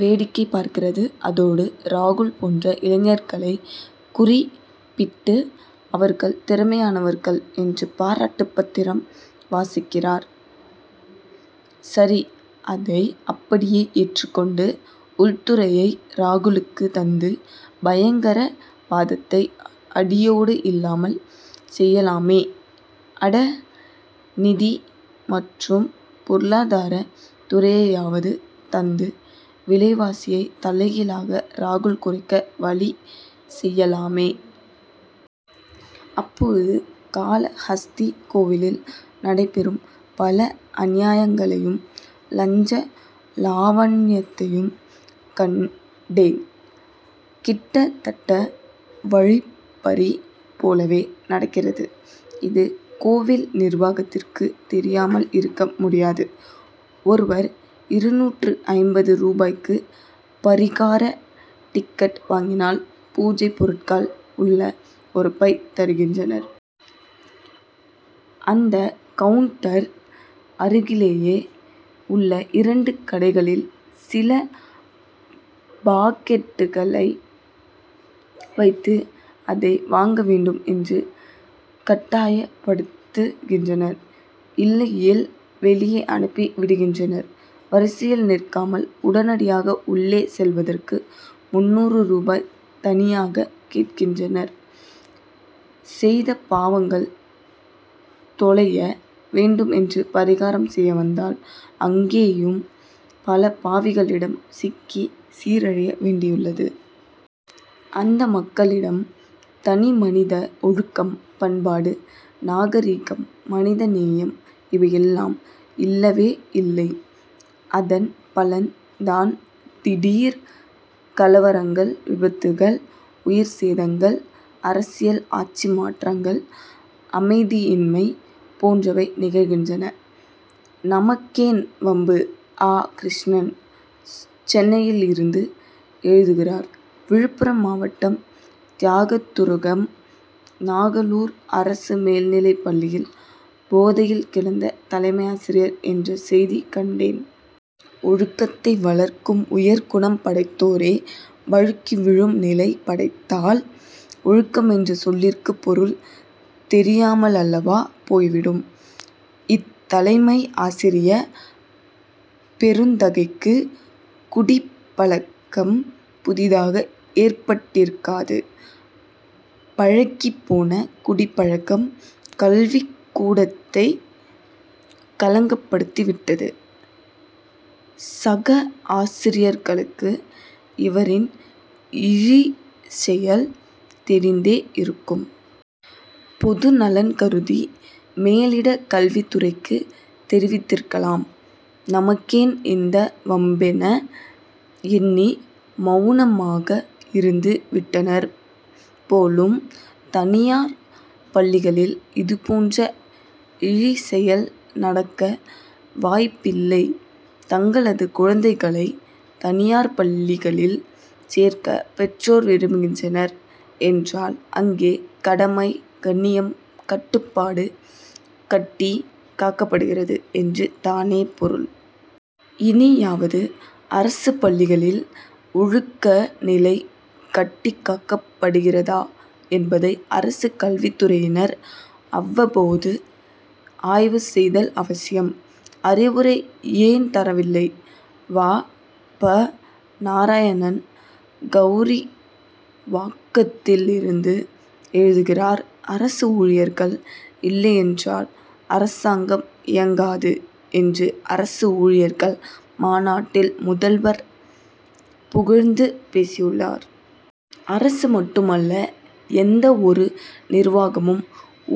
வேடிக்கை பார்க்கிறது. அதோடு, ராகுல் போன்ற இளைஞர்களை குறிப் பிட்டு, அவர்கள் திறமையானவர்கள் என்று பாராட்டு பத்திரம் வாசிக்கிறார். சரிஅதை அப்படியே ஏற்றுக் கொண்டு, உள்துறையை ராகுலுக்கு தந்து, பயங்கரவாதத்தை அடியோடு இல்லாமல் செய்யலாமே! அட, நிதி மற்றும் பொருளாதார துறையையாவது தந்து, விலைவாசியை தலைகீழாக ராகுல் குறைக்க வழி செய்யலாமே! அப்போது, காளஹஸ்தி கோவிலில் நடைபெறும், பல அநியாயங்களையும், லஞ்ச லாவண்யத்தையும் கண் டேன்; கிட்டத்தட்ட வழிப் பறி போலவே நடக்கிறது. இது, கோவில் நிர்வாகத்திற்கு தெரியாமல் இருக்க முடியாது. ஒருவர் இருநூற்று ஐம்பது ரூபாய்க்கு பரிகார டிக்கெட் வாங்கினால், பூஜை பொருட்கள் உள்ள ஒரு பை தருகின்றனர். அந்த கவுன்டர் அருகிலேயே உள்ள இரண்டு கடைகளில், சில பாக்கெட்டுகளை வைத்து, அதை வாங்க வேண்டும் என்று கட்டாயப் படுத்துகின்றனர். இல்லையேல் வெளியே அனுப்பி விடுகின்றனர். வரிசையில் நிற்காமல் உடனடியாக உள்ளே செல்வதற்கு, முன்னூறு ரூபாய் தனியாக கேட்கின்றனர். செய்த பாவங்கள் தொலைய வேண்டும் என்று பரிகாரம் செய்ய வந்தால், அங்கேயும் பல பாவிகளிடம் சிக்கி சீரழிய வேண்டியுள்ளது. அந்த மக்களிடம், தனிமனித ஒழுக்கம், பண்பாடு, நாகரிகம், மனித நேயம் இவையெல்லாம் இல்லவேயில்லை. அதன் பலன் தான், திடீர் கலவரங்கள், விபத்துகள், உயிர் சேதங்கள், அரசியல் ஆட்சி மாற்றங்கள், அமைதியின்மை போன்றவை நிகழ்கின்றன. நமக்கேன் வம்பு! ஆ. கிருஷ்ணன், சென்னையிலிருந்து எழுதுகிறார் விழுப்புரம் மாவட்டம் தியாகதுருகம் நாகலூர் அரசு மேல்நிலைப்பள்ளியில் போதையில் கிடந்த தலைமை ஆசிரியர் என்ற செய்தி கண்டேன். ஒழுக்கத்தை வளர்க்கும் உயர் குணம் படைத்தோரே, வழுக்கி விழும் நிலை படைத்தால், ஒழுக்கம் என்ற சொல்லிற்கு பொருள் தெரியாமலல்லவா போய்விடும். இத்தலைமை ஆசிரிய பெருந்தகைக்கு குடிப்பழக்கம் புதிதாக ஏற்பட்டிருக்காது. பழக்கிப்போன குடிப் பழக்கம், கல்விக்கூடத்தை களங்கப்படுத்தி விட்டது. சக ஆசிரியர்களுக்கு, இவரின் இழிசெயல் தெரிந்தே இருக்கும். பொதுநலன் கருதி, மேலிட கல்வித்துறைக்கு தெரிவித்திருக்கலாம். நமக்கேன் இந்த வம்பென எண்ணி, மவுனமாக இருந்து விட்டனர் போலும். தனியார் பள்ளிகளில், இதுபோன்ற இழிசெயல் நடக்க வாய்ப்பில்லை. தங்களது குழந்தைகளை, தனியார் பள்ளிகளில் சேர்க்க பெற்றோர் விரும்புகின்றனர் என்றால், அங்கே கடமை, கண்ணியம், கட்டுப்பாடு கட்டி காக்கப்படுகிறது என்று தானே பொருள். இனியாவது அரசு பள்ளிகளில், ஒழுக்க நிலை கட்டிக் காக்கப்படுகிறதா என்பதை, அரசு கல்வித்துறையினர், அவ்வப்போது ஆய்வு செய்தல் அவசியம். அறிவுரை ஏன் தரவில்லை? வா. ப. நாராயணன், கவுரிவாக்கத்திலிருந்து எழுதுகிறார் அரசு ஊழியர்கள் இல்லையென்றால், அரசாங்கம் இயங்காது என்று அரசு ஊழியர்கள் மாநாட்டில், முதல்வர் புகழ்ந்து பேசியுள்ளார். அரசு மட்டுமல்ல, எந்தவொரு நிர்வாகமும்,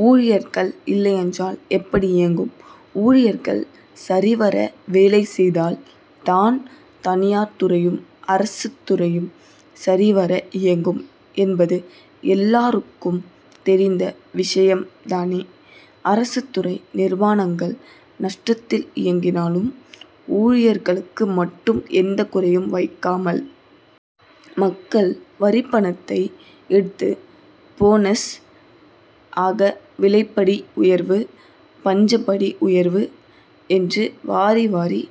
ஊழியர்கள் இல்லையென்றால் எப்படி இயங்கும்? ஊழியர்கள் சரிவர வேலை செய்தால் தான், தனியார் துறையும், அரசுத்துறையும் சரி வர இயங்கும் என்பது எல்லாருக்கும் தெரிந்த விஷயம் தானே! அரசுத்துறை நிறுவானங்கள் நஷ்டத்தில் இயங்கினாலும், ஊழியர்களுக்கு மட்டும் எந்த குறையும் வைக்காமல், மக்கள் வரிப்பணத்தை எடுத்து, போனஸ், அகவிலைப்படி உயர்வு, பஞ்சப்படி உயர்வு என்று வாரி வாரி